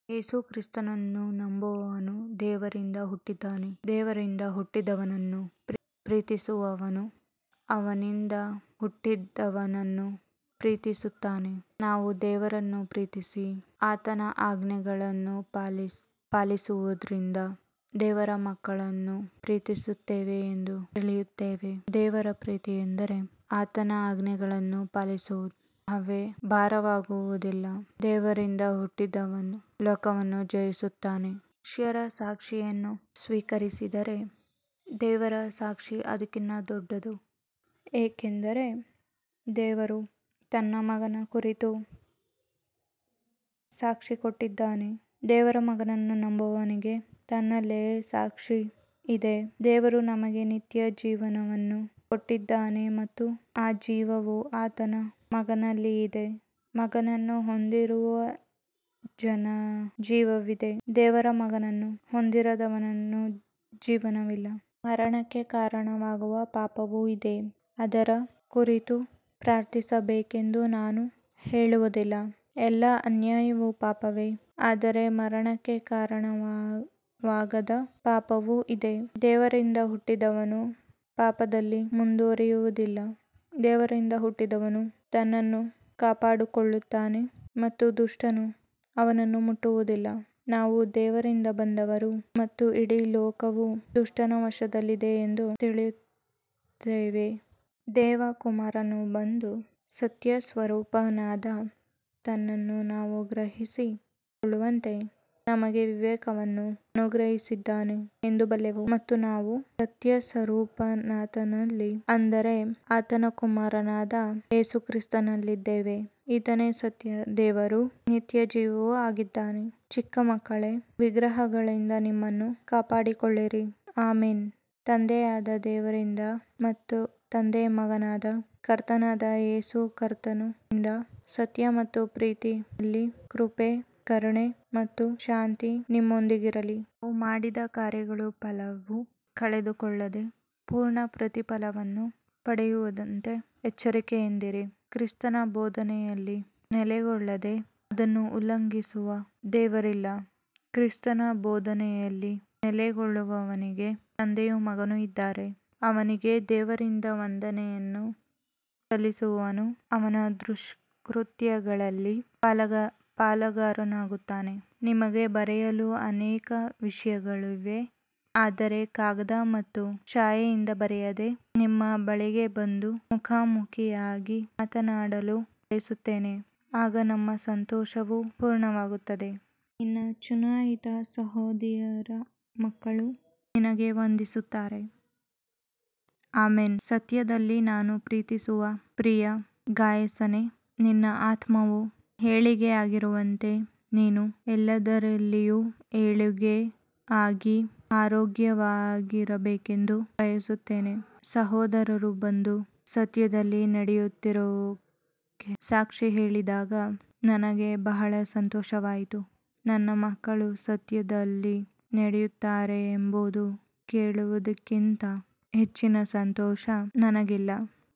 ಯೇಸು ಕ್ರಿಸ್ತನೆಂದು ನಂಬುವವನು ದೇವರಿಂದ ಹುಟ್ಟಿದ್ದಾನೆ. ದೇವರಿಂದ ಹುಟ್ಟಿದವನನ್ನು ಪ್ರೀತಿಸುವವನು ಅವನಿಂದ ಹುಟ್ಟಿದವನನ್ನೂ ಪ್ರೀತಿಸುತ್ತಾನೆ. ನಾವು ದೇವರನ್ನು ಪ್ರೀತಿಸಿ ಆತನ ಆಜ್ಞೆಗಳನ್ನು ಪಾಲಿಸುವುದರಿಂದ ದೇವರ ಮಕ್ಕಳನ್ನು ಪ್ರೀತಿಸುತ್ತೇವೆ ಎಂದು ತಿಳಿಯುತ್ತೇವೆ. ದೇವರ ಪ್ರೀತಿಯೆಂದರೆ ಆತನ ಆಜ್ಞೆಗಳನ್ನು ಪಾಲಿಸುವುದೇ, ಅವು ಭಾರವಾದವುಗಳಲ್ಲ. ದೇವರಿಂದ ಹುಟ್ಟಿದವನು ಲೋಕವನ್ನು ಜಯಿಸುತ್ತಾನೆ. ಮನುಷ್ಯರ ಸಾಕ್ಷಿಯನ್ನು ಸ್ವೀಕರಿಸಿದರೆ ದೇವರ ಸಾಕ್ಷಿ ಅದಕ್ಕಿಂತ ದೊಡ್ಡದು, ಏಕೆಂದರೆ ದೇವರು ತನ್ನ ಮಗನ ಕುರಿತು ಸಾಕ್ಷಿ ಕೊಟ್ಟಿದ್ದಾನೆ. ದೇವರ ಮಗನನ್ನು ನಂಬುವವನಿಗೆ ತನ್ನಲ್ಲಿಯೇ ಸಾಕ್ಷಿಯಿದೆ. ದೇವರು ನಮಗೆ ನಿತ್ಯಜೀವವನ್ನು ಕೊಟ್ಟಿದ್ದಾನೆ ಮತ್ತು ಆ ಜೀವವು ಆತನ ಮಗನಲ್ಲಿ ಇದೆ. ಮಗನನ್ನು ಹೊಂದಿರುವವನಿಗೆ ಜೀವವಿದೆ, ದೇವರ ಮಗನನ್ನು ಹೊಂದಿರದವನಿಗೆ ಜೀವವಿಲ್ಲ. ಮರಣಕ್ಕೆ ಕಾರಣವಾಗುವ ಪಾಪವೂ ಇದೆ, ಅದರ ಕುರಿತು ಪ್ರಾರ್ಥಿಸಬೇಕೆಂದು ನಾನು ಹೇಳುವುದಿಲ್ಲ. ಎಲ್ಲಾ ಅನ್ಯಾಯವೂ ಪಾಪವೇ, ಆದರೆ ಮರಣಕ್ಕೆ ಕಾರಣವಾಗದ ಪಾಪವೂ ಇದೆ. ದೇವರಿಂದ ಹುಟ್ಟಿದವನು ಪಾಪದಲ್ಲಿ ಮುಂದುವರಿಯುವುದಿಲ್ಲ, ದೇವರಿಂದ ಹುಟ್ಟಿದವನು ತನ್ನನ್ನು ಕಾಪಾಡಿಕೊಳ್ಳುತ್ತಾನೆ ಮತ್ತು ದುಷ್ಟನು ಅವನನ್ನು ಮುಟ್ಟುವುದಿಲ್ಲ. ನಾವು ದೇವರಿಂದ ಬಂದವರು ಮತ್ತು ಇಡೀ ಲೋಕವು ದುಷ್ಟನ ವಶದಲ್ಲಿದೆ ಎಂದು ತಿಳಿದಿದ್ದೇವೆ. ದೇವರ ಮಗನು ಬಂದು ಸತ್ಯನಾದ ಆತನನ್ನು ತಿಳಿಯುವ ಜ್ಞಾನವನ್ನು ನಮಗೆ ಕೊಟ್ಟಿದ್ದಾನೆ. ನಾವು ಸತ್ಯನಾದ ಆತನಲ್ಲಿ, ಆತನ ಮಗನಾದ ಯೇಸು ಕ್ರಿಸ್ತನಲ್ಲಿ ಇದ್ದೇವೆ. ಆತನೇ ಸತ್ಯ ದೇವರೂ ನಿತ್ಯಜೀವವೂ ಆಗಿದ್ದಾನೆ. ಚಿಕ್ಕ ಮಕ್ಕಳೇ, ವಿಗ್ರಹಗಳಿಂದ ನಿಮ್ಮನ್ನು ಕಾಪಾಡಿಕೊಳ್ಳಿರಿ. ಆಮೆನ್. ತಂದೆಯಾದ ದೇವರಿಂದ ಮತ್ತು ತಂದೆಯ ಮಗನಾದ ಕರ್ತನಾದ ಯೇಸು ಕ್ರಿಸ್ತನಿಂದ ಸತ್ಯ ಮತ್ತು ಪ್ರೀತಿಯಲ್ಲಿ ಕೃಪೆ, ಕರುಣೆ ಮತ್ತು ಶಾಂತಿ ನಿಮ್ಮೊಂದಿಗಿರಲಿ. ನಾವು ಮಾಡಿದ ಕಾರ್ಯಗಳ ಫಲವನ್ನು ಕಳೆದುಕೊಳ್ಳದೆ ಪೂರ್ಣ ಪ್ರತಿಫಲವನ್ನು ಪಡೆಯುವಂತೆ ಎಚ್ಚರಿಕೆಯಿಂದಿರಿ. ಕ್ರಿಸ್ತನ ಬೋಧನೆಯಲ್ಲಿ ನೆಲೆಗೊಳ್ಳದೆ ಅದನ್ನು ಉಲ್ಲಂಘಿಸುವವನಿಗೆ ದೇವರಿಲ್ಲ. ಕ್ರಿಸ್ತನ ಬೋಧನೆಯಲ್ಲಿ ನೆಲೆಗೊಳ್ಳುವವನಿಗೆ ತಂದೆಯೂ ಮಗನೂ ಇದ್ದಾರೆ. ಅವನಿಗೆ ದೇವರಿಂದ ವಂದನೆ ಸಲ್ಲಿಸುವವನು ಅವನ ದುಷ್ಕೃತ್ಯಗಳಲ್ಲಿ ಪಾಲುಗಾರನಾಗುತ್ತಾನೆ. ನಿಮಗೆ ಬರೆಯಲು ಅನೇಕ ವಿಷಯಗಳಿವೆ, ಆದರೆ ಕಾಗದ ಮತ್ತು ಶಾಯಿಯಿಂದ ಬರೆಯದೆ ನಿಮ್ಮ ಬಳಿಗೆ ಬಂದು ಮುಖಾಮುಖಿಯಾಗಿ ಮಾತನಾಡಲು ಬಯಸುತ್ತೇನೆ, ಆಗ ನಮ್ಮ ಸಂತೋಷವು ಪೂರ್ಣವಾಗುತ್ತದೆ. ನಿನ್ನ ಚುನಾಯಿತ ಸಹೋದರಿಯ ಮಕ್ಕಳು ನಿನಗೆ ವಂದಿಸುತ್ತಾರೆ. ಆಮೆನ್. ಸತ್ಯದಲ್ಲಿ ನಾನು ಪ್ರೀತಿಸುವ ಪ್ರಿಯ ಗಾಯಸನೇ, ನಿನ್ನ ಆತ್ಮವು ಏಳಿಗೆಯಾಗಿರುವಂತೆ ನೀನು ಎಲ್ಲದರಲ್ಲಿಯೂ ಏಳಿಗೆಯಾಗಿ ಆರೋಗ್ಯವಾಗಿರಬೇಕೆಂದು ಬಯಸುತ್ತೇನೆ. ಸಹೋದರರು ಬಂದು ನೀನು ಸತ್ಯದಲ್ಲಿ ನಡೆಯುತ್ತಿರುವುದಕ್ಕೆ ಸಾಕ್ಷಿ ಹೇಳಿದಾಗ ನನಗೆ ಬಹಳ ಸಂತೋಷವಾಯಿತು. ನನ್ನ ಮಕ್ಕಳು ಸತ್ಯದಲ್ಲಿ ನಡೆಯುತ್ತಾರೆ ಎಂಬುದನ್ನು ಕೇಳುವುದಕ್ಕಿಂತ ಹೆಚ್ಚಿನ ಸಂತೋಷ ನನಗಿಲ್ಲ.